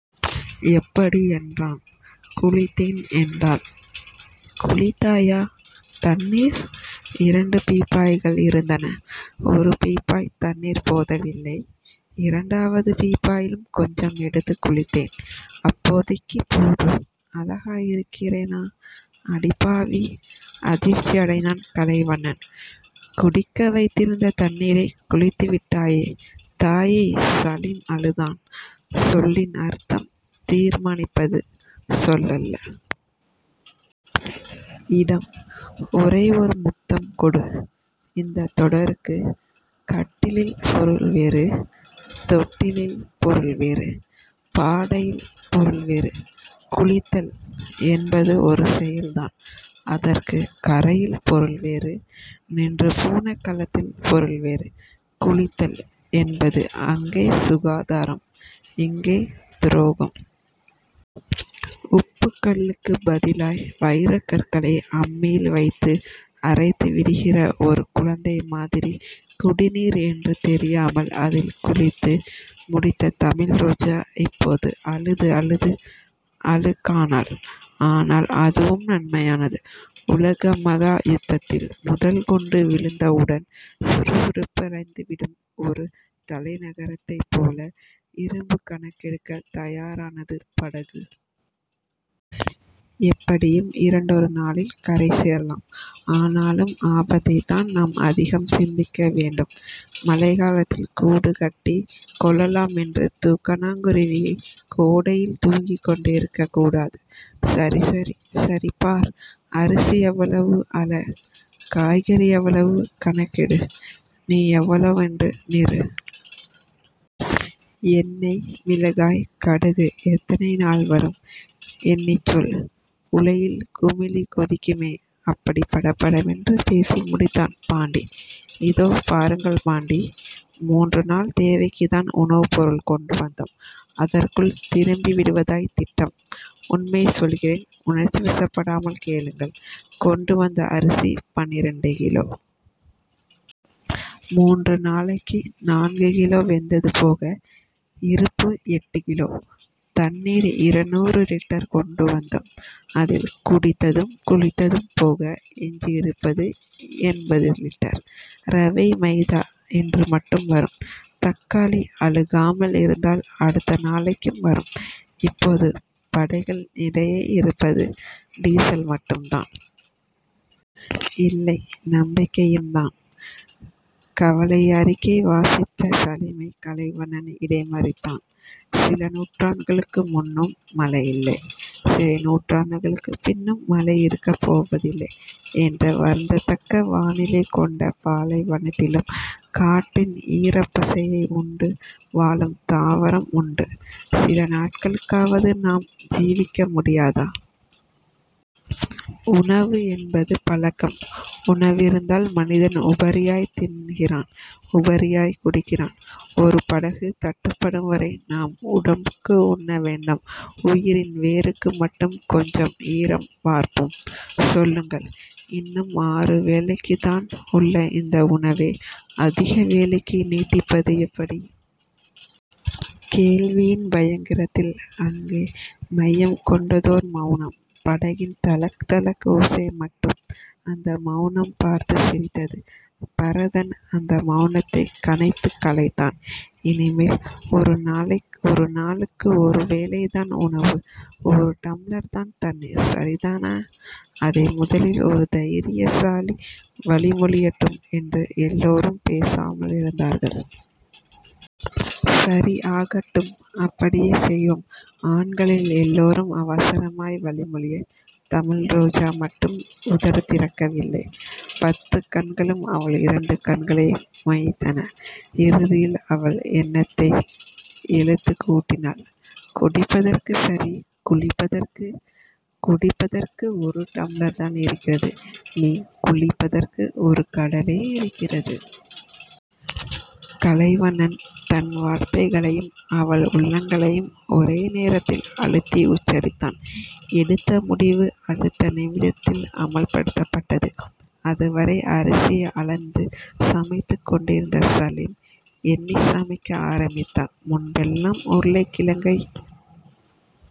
எப்படி? என்றான். குளித்தேன் என்றாள். குளித்தாயா? தண்ணீர்..? இரண்டு பீப்பாய்கள் இருந்தன. ஒரு பீப்பாய்த் தண்ணீர் போதவில்லை. இரண்டாவது பீப்பாயிலும் கொஞ்சம் எடுத்துக் குளித்தேன். அப்போதைக்கிப்போது அழகாய் இருக்கிறேனா? அடிப்பாவி. அதிர்ச்சியடைந்தான் கலைவண்ணன். குடிக்க வைத்திருந்த தண்ணீரைக் குளித்துவிட்டாயே தாயே சலீம் அழுதான். சொல்லின் அர்த்தம் தீர்மானிப்பது சொல்லல்ல. இடம். ஒரே ஒரு முத்தம் கொடு. இந்தத் தொடருக்குக் கட்டிலில் பொருள் வேறு. தொட்டிலில் பொருள் வேறு. பாடையில் பொருள் வேறு. குளித்தல் என்பது ஒரு செயல்தான். அதற்குக் கரையில் பொருள் வேறு. நின்றுபோன கலத்தில் பொருள் வேறு. குளித்தல் என்பது அங்கே சுகாதாரம். இங்கே துரோகம். உப்புத்தூளுக்குப் பதிலாய் வைரக்கற்களை அம்மியில் வைத்து அரைத்துவிடுகிற ஒரு குழந்தை மாதிரி குடிநீர் என்று தெரியாமல் அதில் குளித்து முடித்த தமிழ்ரோஜா இப்போது அழுது அழுது அழுக்கானாள். ஆனால், அதுவும் நன்மையானது. உலகமகா யுத்தத்தில் முதல் குண்டு விழுந்தவுடன் சுறுசுறுப்படைந்துவிடும் ஒரு தலைநகரத்தைப் போல இருப்புக் கணக்கெடுக்கத் தயாரானது படகு. எப்படியும் இரண்டொரு நாளில் கரை சேரலாம். ஆனாலும் ஆபத்தைத்தான் நாம் அதிகம் சிந்திக்க வேண்டும். மழைக்காலத்தில் கூடு கட்டிக் கொள்ளலாம் என்று தூக்கணாங்குருவி கோடையில் தூங்கிக்கொண்டிருக்கக் கூடாது. சரி... சரி... சரி பார். அரிசி எவ்வளவு? அள. காய்கறி எவ்வளவு? கணக்கெடு. நீ எவ்வளவுண்டு நிறு. எண்ணெய் மிளகாய் கடுகு எத்தனை நாள் வரும்? எண்ணிச் சொல். உலையில் குமிழி கொதிக்குமே. அப்படிப் படபடவென்று பேசி முடித்தான் பாண்டி. இதோ பாருங்கள் பாண்டி. முன்று நாள் தேவைக்குத்தான் உணவுப்பொருள் கொண்டு வந்தோம். அதற்குள் திரும்பிவிடுவதாய்த் திட்டம். உண்மை சொல்கிறேன். உணர்ச்சிவசப்படாமல் கேளுங்கள். கொண்டு வந்த அரிசி பன்னிரண்டு கிலோ. முன்று நாளைக்கு. நான்கு கிலோ வெந்தது போக, இருப்பு எட்டு கிலோ. தண்ணீர் இருநூறு லிட்டர் கொண்டு வந்தோம். அதில் குடித்ததும் குளித்ததும் போக எஞ்சியிருப்பது எண்பது லிட்டர். ரவை, மைதா இன்றுமட்டும் வரும். தக்காளி அழுகாமலிருந்தால் அடுத்த நாளைக்கும் வரும். இப்போது படகில் நிறைய இருப்பது டீசல் மட்டும்தான். இல்லை. நம்பிக்கையும்தான். கவலைஅறிக்கை வாசித்த சலீமைக் கலைவண்ணன் இடைமறித்தான். சில நூற்றாண்டுகளுக்கு முன்னும் மழை இல்லை. சில நூற்றாண்டுகளுக்குப் பின்னும் மழை இருக்கப் போவதில்லை என்ற வருந்தத்தக்க வானிலை கொண்ட பாலைவனத்திலும் காற்றின் ஈரப்பசையை உண்டு வாழும் தாவரம் உண்டு. சில நாட்களுக்காவது நாம் ஜீவிக்க முடியாதா? உணவு என்பது பழக்கம். உணவிருந்தால் மனிதன் உபரியாய்த் தின்கிறான். உபரியாய்க் குடிக்கிறான். ஒரு படகு தட்டுப்படும் வரை நாம் உடம்புக்காக உண்ண வேண்டாம். உயிரின் வேருக்கு மட்டும் கொஞ்சம் ஈரம் வார்ப்போம். சொல்லுங்கள்... இன்னும் ஆறு வேளைக்குத்தான் உள்ள இந்த உணவை அதிக வேளைக்கு நீட்டிப்பது எப்படி? கேள்வியின் பயங்கரத்தில் அங்கே மையம் கொண்டதொரு மெளனம். படகின் தளக், தளக், ஓசை மட்டும் அந்த மெளனம் பார்த்துச் சிரித்தது. பரதன் அந்த மெளனத்தைக் கனைத்துக் கலைத்தான். இனிமேல் ஒரு நாளுக்கு ஒரு வேளைதான் உணவு. ஒரு டம்ளர்தான் தண்ணீர். சரிதானா? அதை முதலில் ஒரு தைரியசாலி வழிமொழியட்டும் என்று எல்லோரும் பேசாமலிருந்தார்கள். சரி... ஆகட்டும்... அப்படியே செய்வோம்... ஆண்களில் எல்லோரும் அவசரமாய் வழிமொழிய, தமிழ்ரோஜா மட்டும் உதடுதிறக்கவில்லை. பத்துக் கண்களும் அவள் இரண்டு கண்களை மொய்த்தன. இறுதியில் அவள் எண்ணத்தை எழுத்துக் கூட்டினாள். குடிப்பதற்குச் சரி... குளிப்பதற்கு..? குடிப்பதற்கு ஒரு டம்ளர்தான் இருக்கிறது. நீ குளிப்பதற்கு ஒரு கடலே இருக்கிறது. கலைவண்ணன் தன் வார்த்தைகளையும் அவள் உள்ளங்கைகளையும் ஒரே நேரத்தில் அழுத்தி உச்சரித்தான். எடுத்த முடிவு அடுத்த நிமிடத்தில் அமல்படுத்தப்பட்டது. அதுவரை அரிசியை அளந்து சமைத்துக்கொண்டிருந்த சலீம் எண்ணிச் சமைக்க ஆரம்பித்தான். முன்பெல்லாம் உருளைக்கிழங்கை